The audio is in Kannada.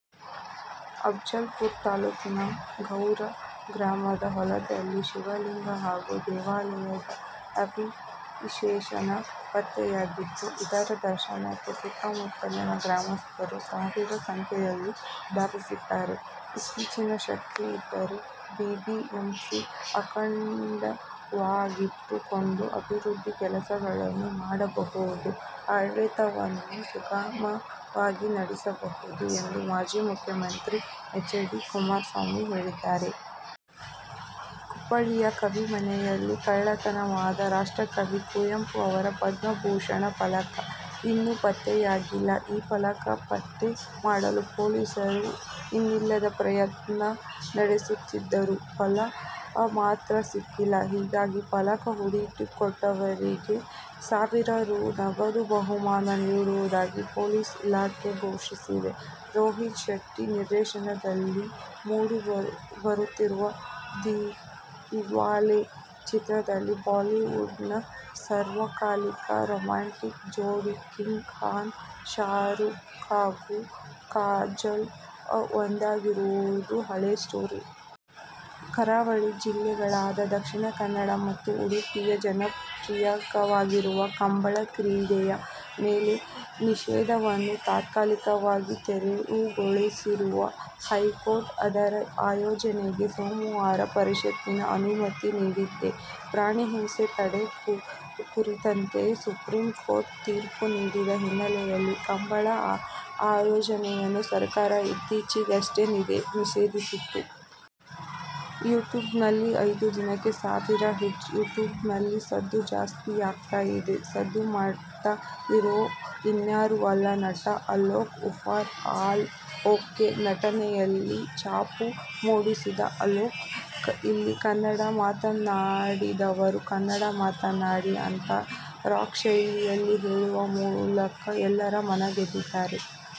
ಅಫಜಲಪುರ ತಾಲೂಕಿನ ಗೌರ ಗ್ರಾಮದ ಹೊಲದಲ್ಲಿ ಶಿವಲಿಂಗ ಹಾಗೂ ದೇವಾಲಯದ ಅವಶೇಷಗಳು ಪತ್ತೆಯಾಗಿದ್ದು, ಇದರ ದರ್ಶನಕ್ಕೆ ಸುತ್ತಮುತ್ತಲಿನ ಗ್ರಾಮಸ್ಥರು ಸಾವಿರಾರು ಸಂಖ್ಯೆಯಲ್ಲಿ ಧಾವಿಸುತ್ತಿದ್ದಾರೆ. "ಇಚ್ಛಾಶಕ್ತಿ ಇದ್ದರೆ ಬಿಬಿಎಂಪಿ ಅಖಂಡವಾಗಿಟ್ಟುಕೊಂಡು ಅಭಿವೃದ್ಧಿ ಕೆಲಸಗಳನ್ನೂ ಮಾಡಬಹುದು. ಆಡಳಿತವನ್ನು ಸುಗಮವಾಗಿ ನಡೆಸಬಹುದು' ಎಂದು ಮಾಜಿ ಮುಖ್ಯಮಂತ್ರಿ ಎಚ್. ಡಿ. ಕುಮಾರಸ್ವಾಮಿ ಹೇಳಿದ್ದಾರೆ. ಕುಪ್ಪಳ್ಳಿಯ ಕವಿಮನೆಯಲ್ಲಿ ಕಳ್ಳತನವಾದ ರಾಷ್ಟ್ರಕವಿ ಕುವೆಂಪು ಅವರ 'ಪದ್ಮವಿಭೂಷಣ' ಫಲಕ ಇನ್ನೂ ಪತ್ತೆಯಾಗಿಲ್ಲ. ಈ ಫಲಕವನ್ನು ಪತ್ತೆ ಮಾಡಲು ಪೊಲೀಸರು ಇನ್ನಿಲ್ಲದ ಪ್ರಯತ್ನ ನಡೆಸುತ್ತಿದ್ದರೂ ಫಲ ಮಾತ್ರ ಸಿಕ್ಕಿಲ್ಲ. ಹೀಗಾಗಿ ಫಲಕ ಹುಡುಕಿಕೊಟ್ಟವರಿಗೆ ಸಾವಿರ ರೂ. ನಗದು ಬಹುಮಾನ ನೀಡುವುದಾಗಿ ಪೊಲೀಸ್ ಇಲಾಖೆ ಘೋಷಿಸಿದೆ. ರೋಹಿತ್ ಶೆಟ್ಟಿ ನಿರ್ದೇಶನದಲ್ಲಿ ಮೂಡಿ ಬರುತ್ತಿರುವ ದಿಲ್ವಾಲೆ ಚಿತ್ರದಲ್ಲಿ ಬಾಲಿವುಡ್'ನ ಸಾರ್ವಕಾಲಿಕ ರೋಮ್ಯಾಂಟಿಕ್ ಜೋಡಿ ಕಿಂಗ್ ಖಾನ್ ಶಾರೂಕ್ ಹಾಗೂ ಕಾಜೋಲ್ ಒಂದಾಗಿರುವುದು ಹಳೇ ಸ್ಟೋರಿ. ಕರಾವಳಿ ಜಿಲ್ಲೆಗಳಾದ ದಕ್ಷಿಣ ಕನ್ನಡ ಮತ್ತು ಉಡುಪಿಯಲ್ಲಿ ಜನಪ್ರಿಯವಾಗಿರುವ ಕಂಬಳ ಕ್ರೀಡೆಯ ಮೇಲಿನ ನಿಷೇಧವನ್ನು ತಾತ್ಕಾಲಿಕವಾಗಿ ತೆರವುಗೊಳಿಸಿರುವ ಹೈಕೋರ್ಟ್, ಅದರ ಆಯೋಜನೆಗೆ ಸೋಮವಾರ ಷರತ್ತಿನ ಅನುಮತಿ ನೀಡಿದೆ. ಪ್ರಾಣಿ ಹಿಂಸೆ ತಡೆ ಕುರಿತಂತೆ ಸುಪ್ರೀಂಕೋರ್ಟ್ ತೀರ್ಪು ನೀಡಿದ್ದ ಹಿನ್ನೆಲೆಯಲ್ಲಿ ಕಂಬಳ ಆಯೋಜನೆಯನ್ನು ಸರ್ಕಾರ ಇತ್ತೀಚೆಗಷ್ಟೇ ನಿಷೇಧಿಸಿತ್ತು. ಯೂಟ್ಯೂಬ್ನಲ್ಲಿ ಐದು ದಿನಕ್ಕೆ ಸಾವಿರ ಹಿಟ್ಸ್, ಯೂಟ್ಯೂಬ್ನಲ್ಲಿ ಸದ್ದು ಜಾಸ್ತಿ ಆಗ್ತಾ ಇದೆ. ಸದ್ದು ಮಾಡ್ತಾ ಇರೋರು ಇನ್ಯಾರು ಅಲ್ಲ. ನಟ ಅಲೋಕ್ ಉರುಫ್ ಆಲ್ ಓಕೆ. ನಟನೆಯಲ್ಲಿ ಛಾಪು ಮೂಡಿಸಿದ್ದ ಅಲೋಕ್ "ಇಲ್ಲಿ ಕನ್ನಡ ಮಾತನಾಡದವರು ಕನ್ನಡ ಮಾತನಾಡಿ' ಅಂತ ರಾಕ್ ಶೈಲಿಯಲ್ಲಿ ಹೇಳುವ ಮೂಲಕ ಎಲ್ಲರ ಮನ ಗೆದ್ದಿದ್ದಾರೆ.